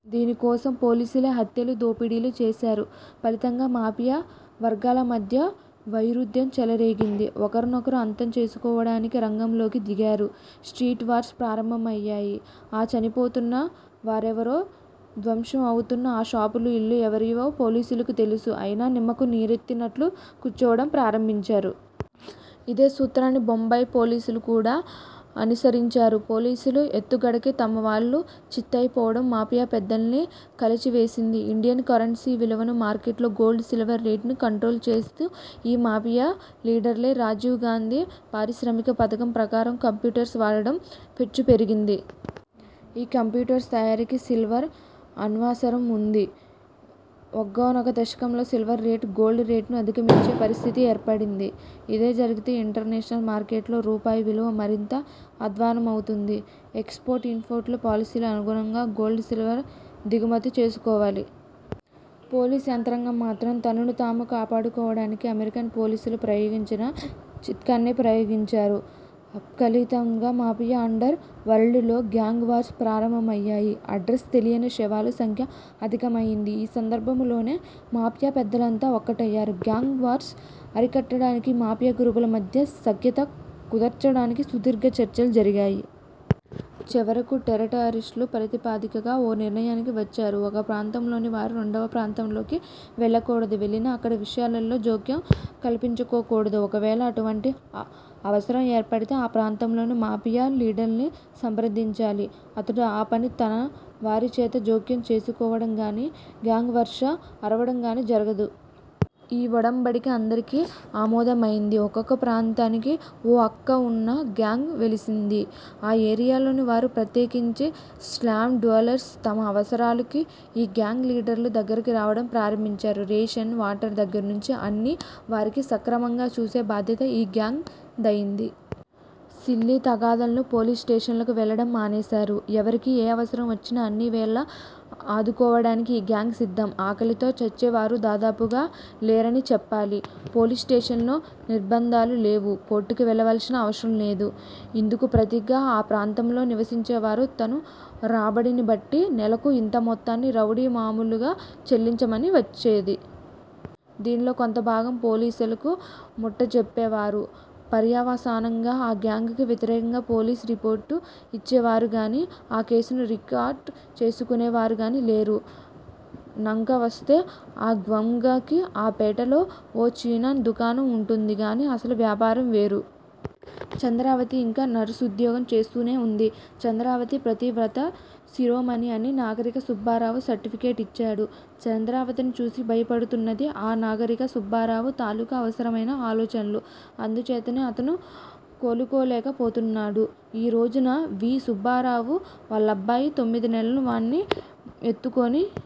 దీని కోసం పోలీసులే హత్యలు, దోపిడీలు, చేశారు. ఫలితంగా మాఫియ వర్గాల మధ్య వైరుధ్యం చేలరేగింది. ఒకర్నొకరు అంతం చేసుకోవడానికిరంగంలోకి దిగారు. స్ట్రీట్ వార్స్ ప్రారంభమయ్యాయి. ఆ చనిపోతున్న వారెవరో ధ్వంశం అవుతున్న ఆ షాపులు, ఇల్లు, ఎవరివో పోలీసులకి తెలుసు. అయినా నిమ్మకు నీరెత్తినట్లు కూర్చోవడం ప్రారంభించారు. ఇదే సూత్రాన్ని బొంబాయి ఫోలీసులు కూడా అనిసరించారు. పోలీసుల ఎత్తుగడకి తమవాళ్ళు చిత్తయిపోవడం మాఫియా పెద్దల్ని కలచివేసింది. ఇండియన్ కరెన్సీ విలువని, మార్కెట్లో గోల్డ్ సిల్వర్ రేటుని కంట్రోల్ చేస్ది ఈ మాఫియా లీడర్లె! రాజీవ్ గాందీ పారిశ్రామిక పథకం ప్రకారం కంప్యూటర్స్ వాడకం పెచ్చుపెరిగింది. ఈ కంప్యూటర్స్ తయారీకి సిల్వర్ అచ్వసరం వుండి. ఒకానొక దశలో సోల్వర్ రేటు గోల్డు రేటుని అధికమించే పరిష్టితి ఏర్పడింది. ఇదే జరిగితే ఇంటర్నేషనల్స్ మార్కెట్ లో రూపాయి విలువ మరింత అద్వాన్నమవుతుమ్ది. ఎక్స్ పోర్ట్ ఇమ్పావుర్టు పాలసీకి అనుగుణంగా గోల్డు, సిల్వర్ దిగుమతి చేసుకోవాలి. పోలీస్ యంత్రాంగం మాత్రం తనను తము కాపాడుకోవడానికి అమెరికన్ పోలీసులు ప్రయోగించిన చిత్కానే ప్రయోగించారు. ఫ్గాలిటంగా మాఫియా అండర్ వరల్డు లో గ్యాంగ్ వార్స్ ప్రారంభమయ్యాయి. అడ్రస్ తెలియని శవాల సంఖ్య అధికమయింది. ఈ సందర్బంములోనే మాఫియా పెద్దలంతా ఒకటయ్యారు. గ్యాంగ్ వార్స్ అరికట్టడానికి మాఫియా గ్రూపుల మధ్య సఖ్యత కుదర్చడానికి సుదీర్ఘ చర్చలు జరిగాయి. చివరకు టేరటరీస్ ప్రాతిపదికగా ఓ నిర్ణయానికి వచ్చారు. ఒక ప్రాంతంలోకి వారు రెండవ ప్రాంతానికి వెళ్ళకూడదు వెళ్ళినా అక్కడి విశాలలో జైక్యం కల్పించుకోకూడదు. ఒకవేళ అటువంటి అవసరం ఏర్పడితే ఆ ప్రాంతంలోకి మాఫియ లీదర్నీ సంప్రదించాలి అతడు ఆ పని తనవారి చేత జైక్యం చేసుకోవడంగాని, గ్యాంగ్ వర్ష అరవడంగాని జరగదు. ఈ ఒడంబడిక అందరికి అమోదమయింది. ఒక్కొక్క ప్రాంతానికి ఒఅక్కావునా గ్యాంగ్ వెలిసింది. అ ఏరియాలోని వారు ప్రత్యేకించి స్లామ్ డ్వేలర్స్ తమ అవసరాలకు ఈ గ్యాంగ్ లీడర్ల దగ్గరకు రావడం ప్రారంభించారు. రేషన్, వాటర్ దగ్గర్నుంచీ అన్నీ వారికి సక్రమంగా చూసే బాధ్యత ఈ గ్యాంగ్ దయింది. సిల్లీ తగాదాలను పోలీసు స్టేషన్ లకి వెళ్ళడం మానేశారు. ఎవరికీ ఏ అవసరం వచ్చినా అన్ని వేళలా ఆదుకోవడానికి ఈ గ్యాంగ్ సిద్దం! ఆకలితో చచ్చేవారు దాదాపుగా లేరనే చెప్పాలి. పోలీసు స్టేషన్ లో నిర్భంధాలు లేవు. కోర్టుకి వెళ్లవలసిన అవసరం లేదు. ఇందుకు ప్రతిగా ఆ ప్రాంతంలో నివసించేవారు తను రాబడినిబట్టి నేలకు కొంత మొత్తాన్ని రౌడీ మాములుగా చెల్లించమని వచ్చేది. దీనిలో కొంతభాగం పోలీసులకు ముట్టజెప్పావారు. పర్యవసానంగా అ గ్యాంగ్ కి వ్యతిరేకంగా పోలీసు రిపోర్టు యిచ్చేవారుగాని, ఆ కేసుని రికార్డు చేసుకునేవారుగాని లేరు. నం కా వస్తే ఆ గ్యమ్గు కి ఆ పేటలో ఓ చినన్ దుకాణం వుంటుంది. కాని అసలు వ్యాపారం వేరు. చంద్రావతి యింకా నర్సుద్యోగం చేస్తూనేవుంది. చంద్రావతి పతివ్రతా శిరోమణి అని నాగరిక సుబ్బారావు సర్టిఫికెటిచ్చేడు. చంద్రావతిని చూసి భయపడుతున్నది ఆ నాగరికి సుబ్బారావు తాలూకు అవసరమైన ఆలోచనలు. అందుచేతనే అతను కోలుకోలేక పోతున్నాడు. ఈ రోజున- వి. సుబ్బారావు వాళ్ళబ్బాయి తొమ్మిది నెలల వాణ్ణి యెత్తుకుని.